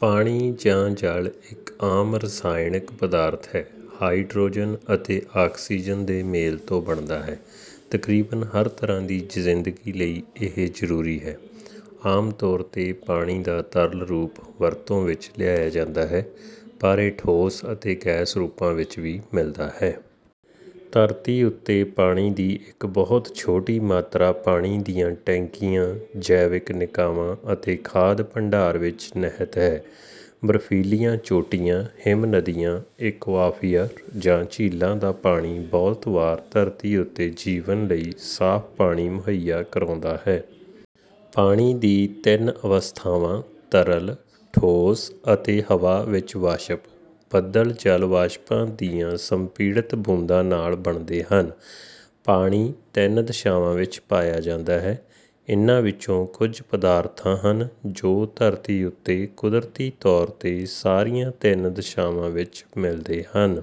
ਪਾਣੀ ਜਾਂ ਜਲ ਇੱਕ ਆਮ ਰਾਸਾਇਣਕ ਪਦਾਰਥ ਹੈ ਹਾਈਡ੍ਰੋਜਨ ਅਤੇ ਆਕਸੀਜਨ ਦੇ ਮੇਲ ਤੋਂ ਬਣਦਾ ਹੈ। ਤਕਰੀਬਨ ਹਰ ਤਰ੍ਹਾਂ ਦੀ ਜ਼ਿੰਦਗੀ ਲਈ ਇਹ ਜ਼ਰੂਰੀ ਹੈ। ਆਮ ਤੌਰ 'ਤੇ ਪਾਣੀ ਦਾ ਤਰਲ ਰੂਪ ਵਰਤੋਂ ਵਿੱਚ ਲਿਆਇਆ ਜਾਂਦਾ ਹੈ ਪਰ ਇਹ ਠੋਸ ਅਤੇ ਗੈਸ ਰੂਪਾਂ ਵਿੱਚ ਵੀ ਮਿਲਦਾ ਹੈ। ਧਰਤੀ ਉੱਤੇ ਪਾਣੀ ਦੀ ਇੱਕ ਬਹੁਤ ਛੋਟੀ ਮਾਤਰਾ ਪਾਣੀ ਦੀਆਂ ਟੈਂਕੀਆਂ, ਜੈਵਿਕ ਨਿਕਾਵਾਂ ਅਤੇ ਖਾਧ ਭੰਡਾਰ ਵਿੱਚ ਨਹਿਤ ਹੈ। ਬਰਫ਼ੀਲੀਆਂ ਚੋਟੀਆਂ, ਹਿਮਨਦੀਆਂ, ਏਕੁਆਵੀਫ਼ਰ ਜਾਂ ਝੀਲਾਂ ਦਾ ਪਾਣੀ ਬਹੁਤ ਵਾਰ ਧਰਤੀ ਉੱਤੇ ਜੀਵਨ ਲਈ ਸਾਫ਼ ਪਾਣੀ ਮੁਹੱਈਆ ਕਰਾਉਂਦਾ ਹੈ। ਪਾਣੀ ਦੀ ਤਿੰਨ ਅਵਸਥਾਵਾਂ: ਤਰਲ, ਠੋਸ, ਅਤੇ ਹਵਾ ਵਿੱਚ ਵਾਸ਼ਪ। ਬੱਦਲ ਜਲ ਵਾਸ਼ਪਾਂ ਦੀਆਂ ਸੰਪੀੜਤ ਬੂੰਦਾਂ ਨਾਲ ਬਣਦੇ ਹਨ। ਪਾਣੀ ਤਿੰਨ ਦਸ਼ਾਵਾਂ ਵਿੱਚ ਪਾਇਆ ਜਾਂਦਾ ਹੈ, ਇਨ੍ਹਾਂ ਵਿੱਚੋਂ ਕੁੱਝ ਪਦਾਰਥਾਂ ਹਨ ਜੋ ਧਰਤੀ ਉੱਤੇ ਕੁਦਰਤੀ ਤੌਰ 'ਤੇ ਸਾਰੀਆਂ ਤਿੰਨ ਦਸ਼ਾਵਾਂ ਵਿੱਚ ਮਿਲਦੇ ਹਨ।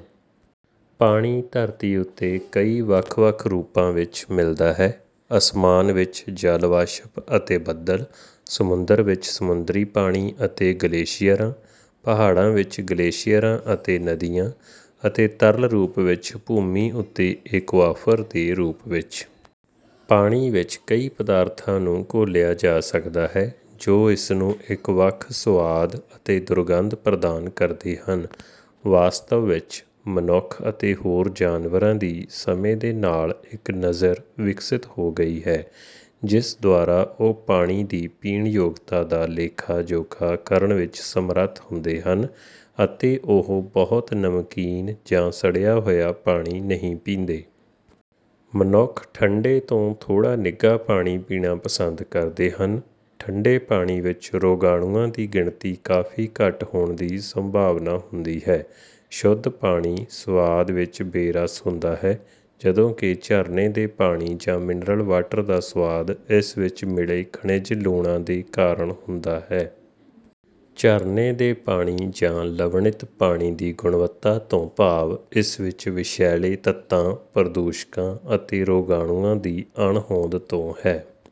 ਪਾਣੀ ਧਰਤੀ ਉੱਤੇ ਕਈ ਵੱਖ ਵੱਖ ਰੂਪਾਂ ਵਿੱਚ ਮਿਲਦਾ ਹੈ: ਅਸਮਾਨ ਵਿੱਚ ਜਲ ਵਾਸ਼ਪ ਅਤੇ ਬੱਦਲ; ਸਮੁੰਦਰ ਵਿੱਚ ਸਮੁੰਦਰੀ ਪਾਣੀ ਅਤੇ ਗਲੇਸ਼ੀਅਰਾਂ; ਪਹਾੜਾਂ ਵਿੱਚ ਗਲੇਸ਼ੀਅਰਾਂ ਅਤੇ ਨਦੀਆਂ; ਅਤੇ ਤਰਲ ਰੂਪ ਵਿੱਚ ਭੂਮੀ ਉੱਤੇ ਏਕੁਆਫਰ ਦੇ ਰੂਪ ਵਿੱਚ। ਪਾਣੀ ਵਿੱਚ ਕਈ ਪਦਾਰਥਾਂ ਨੂੰ ਘੋਲਿਆ ਜਾ ਸਕਦਾ ਹੈ ਜੋ ਇਸਨੂੰ ਇੱਕ ਵੱਖ ਸਵਾਦ ਅਤੇ ਦੁਰਗੰਧ ਪ੍ਰਦਾਨ ਕਰਦੇ ਹਨ। ਵਾਸਤਵ ਵਿੱਚ, ਮਨੁੱਖ ਅਤੇ ਹੋਰ ਜਾਨਵਰਾਂ ਦੀ ਸਮੇਂ ਦੇ ਨਾਲ ਇੱਕ ਨਜ਼ਰ ਵਿਕਸਿਤ ਹੋ ਗਈ ਹੈ ਜਿਸ ਦੁਆਰਾ ਉਹ ਪਾਣੀ ਦੀ ਪੀਣਯੋਗਤਾ ਦਾ ਲੇਖਾ ਜੋਖਾ ਕਰਨ ਵਿੱਚ ਸਮਰੱਥ ਹੁੰਦੇ ਹਨ ਅਤੇ ਉਹ ਬਹੁਤ ਨਮਕੀਨ ਜਾਂ ਸੜਿਆ ਹੋਇਆ ਪਾਣੀ ਨਹੀਂ ਪੀਂਦੇ। ਮਨੁੱਖ ਠੰਡੇ ਤੋਂ ਥੋੜਾ ਨਿੱਘਾ ਪਾਣੀ ਪੀਣਾ ਪਸੰਦ ਕਰਦੇ ਹਨ; ਠੰਡੇ ਪਾਣੀ ਵਿੱਚ ਰੋਗਾਣੂਆਂ ਦੀ ਗਿਣਤੀ ਕਾਫ਼ੀ ਘੱਟ ਹੋਣ ਦੀ ਸੰਭਾਵਨਾ ਹੁੰਦੀ ਹੈ। ਸ਼ੁੱਧ ਪਾਣੀ ਸਵਾਦ ਵਿੱਚ ਬੇਰਸ ਹੁੰਦਾ ਹੈ ਜਦੋਂ ਕਿ ਝਰਨੇ ਦੇ ਪਾਣੀ ਜਾਂ ਮਿਨਰਲ ਵਾਟਰ ਦਾ ਸਵਾਦ ਇਸ ਵਿੱਚ ਮਿਲੇ ਖਣਿਜ ਲੂਣਾਂ ਦੇ ਕਾਰਨ ਹੁੰਦਾ ਹੈ। ਝਰਨੇ ਦੇ ਪਾਣੀ ਜਾਂ ਲਵਣਿਤ ਪਾਣੀ ਦੀ ਗੁਣਵੱਤਾ ਤੋਂ ਭਾਵ ਇਸ ਵਿੱਚ ਵਿਸ਼ੈਲੇ ਤੱਤਾਂ, ਪ੍ਰਦੂਸ਼ਕਾਂ ਅਤੇ ਰੋਗਾਣੂਆਂ ਦੀ ਅਣਹੋਂਦ ਤੋਂ ਹੈ।